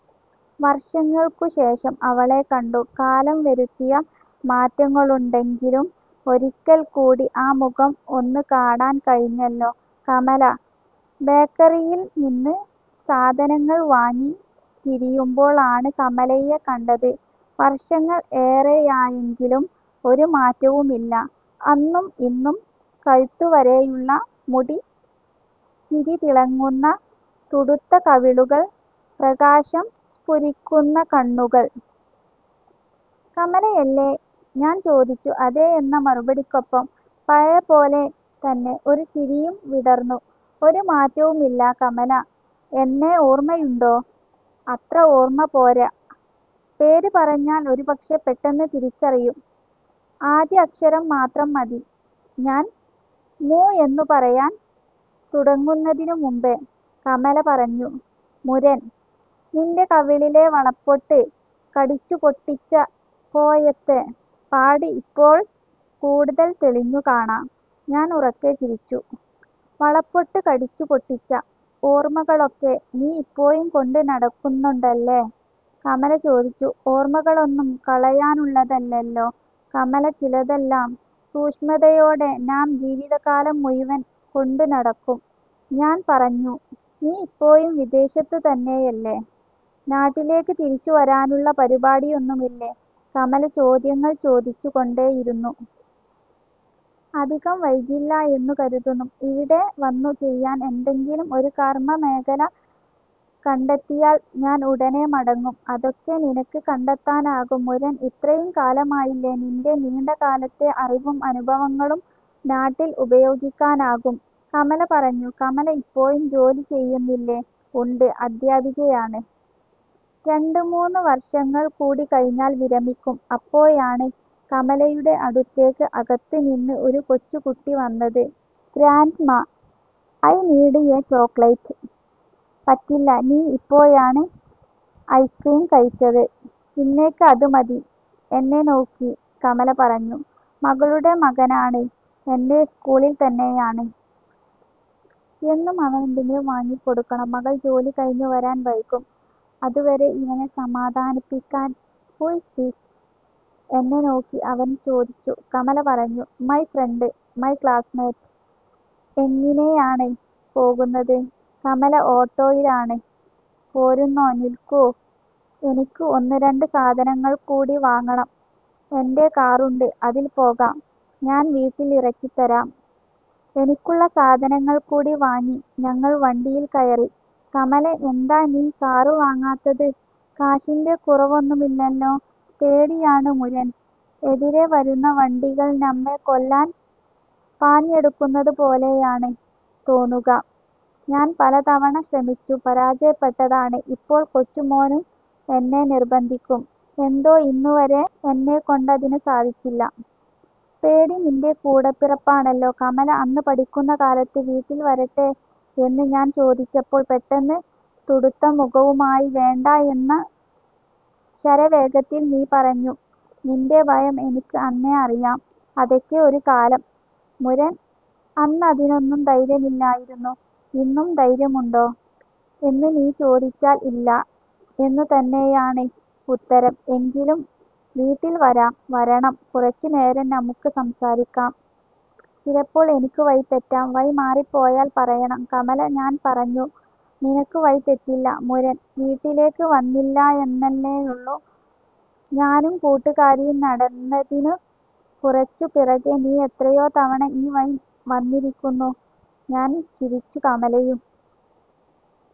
വർഷങ്ങൾക്കുശേഷം അവളെ കണ്ടു, കാലം വരുത്തിയ മാറ്റങ്ങളുണ്ടെങ്കിലും ഒരിക്കൽ കൂടി ആ മുഖം ഒന്ന് കാണാൻ കഴിഞ്ഞല്ലോ... കമല ബേക്കറിയിൽ നിന്ന് സാധനങ്ങൾ വാങ്ങി തിരിയുമ്പോൾ ആണ് കമലയെ കണ്ടത്. വർഷങ്ങൾ ഏറെയായെങ്കിലും ഒരു മാറ്റവുമില്ല. അന്നും ഇന്നും കഴുത്ത് വരെയുള്ള മുടി, ചിരി തിളങ്ങുന്ന തുടുത്ത കവിളുകൾ, പ്രകാശം സ്ഫുരിക്കുന്ന കണ്ണുകൾ. "കമലയല്ലേ" ഞാൻ ചോദിച്ചു. അതെയെന്ന മറുപടിക്കൊപ്പം പഴയപോലെ തന്നെ ഒരു ചിരിയും വിടർന്നു. "ഒരു മാറ്റവുമില്ല കമല, എന്നെ ഓർമയുണ്ടോ" "അത്ര ഓർമ പോര, പേര് പറഞ്ഞാൽ ഒരു പക്ഷെ പെട്ടെന്ന് തിരിച്ചറിയും, ആദ്യ അക്ഷരം മാത്രം മതി". ഞാൻ മു എന്ന് പറയാൻ തുടങ്ങുന്നതിനുമുമ്പേ കമല പറഞ്ഞു, 'മുരൻ, നിന്റെ കവിളിലെ വളപ്പൊട്ട് കടിച്ചു പൊട്ടിച്ചപ്പോഴത്തെ പാട് ഇപ്പോൾ കൂടുതൽ തെളിഞ്ഞു കാണാം' ഞാൻ ഉറക്കെ ചിരിച്ചു. 'വളപ്പൊട്ട് കടിച്ചു പൊട്ടിച്ച ഓർമകളൊക്കെ നീ ഇപ്പോഴും കൊണ്ട് നടക്കുന്നുണ്ടല്ലെ' കമല ചോദിച്ചു. 'ഓർമകളൊന്നും കളയാനുള്ളതല്ലല്ലോ കമല, ചിലതെല്ലാം സൂക്ഷ്മതയോടെ നാം ജീവിതകാലം മുഴുവൻ കൊണ്ട് നടക്കും'. ഞാൻ പറഞ്ഞു. 'നീ ഇപ്പോഴും വിദേശത്ത് തന്നെയല്ലേ, നാട്ടിലേക്കു തിരിച്ചു വരാനുള്ള പരിപാടിയൊന്നുമില്ലേ? ' കമല ചോദ്യങ്ങൾ ചോദിച്ചു കൊണ്ടേയിരുന്നു. 'അധികം വൈകില്ല എന്ന് കരുതുന്നു. ഇവിടെ വന്നു ചെയ്യാൻ എന്തെകിലും ഒരു കർമമേഖല കണ്ടെത്തിയാൽ ഞാൻ ഉടനെ മടങ്ങും'. 'അതൊക്കെ നിനക്ക് കണ്ടെത്താനാകും മുരൻ, ഇത്രയും കാലമായില്ലേ, നിന്റെ നീണ്ടകാലത്തെ അറിവും അനുഭവങ്ങളും നാട്ടിൽ ഉപയോഗിക്കാനാകും'. കമല പറഞ്ഞു. കമല ഇപ്പോഴും ജോലി ചെയ്യുന്നില്ലേ. ഉണ്ട്, അധ്യാപികയാണ്. രണ്ടുമൂന്ന് വർഷങ്ങൾ കൂടി കഴിഞ്ഞാൽ വിരമിക്കും. അപ്പോഴാണ് കമലയുടെ അടുത്തേക്ക് അകത്ത് നിന്ന് ഒരു കൊച്ചു കുട്ടി വന്നത്. 'Grandma, I need a chocolate ' പറ്റില്ല, നീ ഇപ്പോഴാണ് ഐസ്ക്രീം കഴിച്ചത്, ഇന്നേക്ക് അത് മതി. എന്നെ നോക്കി കമല പറഞ്ഞു, 'മകളുടെ മകനാണ്, എന്റെ സ്കൂളിൽ തന്നെയാണ്. എന്നും അവനെന്തെങ്കിലും വാങ്ങി കൊടുക്കണം, മകൾ ജോലി കഴിഞ്ഞു വരാൻ വൈകും, അത് വരെ ഇവനെ സമാധാനിപ്പിക്കാൻ'. 'ഹു ഈസ് ദിസ്' എന്നെ നോക്കി അവൻ ചോദിച്ചു. കമല പറഞ്ഞു, 'മൈ ഫ്രണ്ട്, മൈ ക്ലാസ്മേറ്റ്. 'എങ്ങിനെയാണ് പോകുന്നത് കമല' 'ഓട്ടോയിലാണ്, പോരുന്നോ'. 'നിൽക്കൂ, എനിക്ക് ഒന്ന് രണ്ട് സാധനങ്ങൾ കൂടി വാങ്ങണം, എന്റെ കാറുണ്ട് അതിൽ പോകാം, ഞാൻ വീട്ടിൽ ഇറക്കി തരാം'. എനിക്കുള്ള സാധനങ്ങൾ കൂടി വാങ്ങി ഞങ്ങൾ വണ്ടിയിൽ കയറി. 'കമല എന്താ നീ കാറ് വാങ്ങാത്തത്, കാശിന്റെ കുറവൊന്നുമില്ലല്ലോ' 'പേടിയാണ് മുരൻ, എതിരെ വരുന്ന വണ്ടികൾ നമ്മെ കൊല്ലാൻ പാഞ്ഞടുക്കുന്നതുപോലെയാണ് തോന്നുക, ഞാൻ പല തവണ ശ്രമിച്ചു പരാജയപ്പെട്ടതാണ്. ഇപ്പോൾ കൊച്ചുമോനും എന്നെ നിർബന്ധിക്കും, എന്തോ ഇന്നുവരെ എന്നൊക്കൊണ്ടതിന് സാധിച്ചില്ല'. 'പേടി നിന്റെ കൂടപ്പിറപ്പാണല്ലോ കമല, അന്ന് പഠിക്കുന്ന കാലത്ത് വീട്ടിൽ വരട്ടെ എന്ന് ഞാൻ ചോദിച്ചപ്പോൾ, പെട്ടെന്ന് തുടുത്ത മുഖവുമായി 'വേണ്ട' എന്ന് ശരവേഗത്തിൽ നീ പറഞ്ഞു. നിന്റെ ഭയം എനിക്ക് അന്നേ അറിയാം'. 'അതൊക്കെ ഒരു കാലം മുരൻ, അന്നതിനൊന്നും ധൈര്യമില്ലായിരുന്നു. ഇന്നും ധൈര്യമുണ്ടോ എന്ന് നീ ചോദിച്ചാൽ ഇല്ല എന്നുതന്നെയാണ് ഉത്തരം, എങ്കിലും വീട്ടിൽ വരാം, വരണം, കുറച്ചു നേരം നമുക്ക് സംസാരിക്കാം'. 'ചിലപ്പോൾ എനിക്ക് വഴി തെറ്റാം, വഴിമാറിപോയാൽ പറയണം കമല'. ഞാൻ പറഞ്ഞു. 'നിനക്ക് വഴിതെറ്റില്ല മുരൻ, വീട്ടിലേക്ക് വന്നില്ലായെന്നല്ലേയുള്ളൂ. ഞാനും കൂട്ടുകാരിയും നടക്കുന്നതിന് കുറച്ചു പിറകെ നീ എത്രയോ തവണ ഈ വഴി വന്നിരിക്കുന്നു'. ഞാൻ ചിരിച്ചു, കമലയും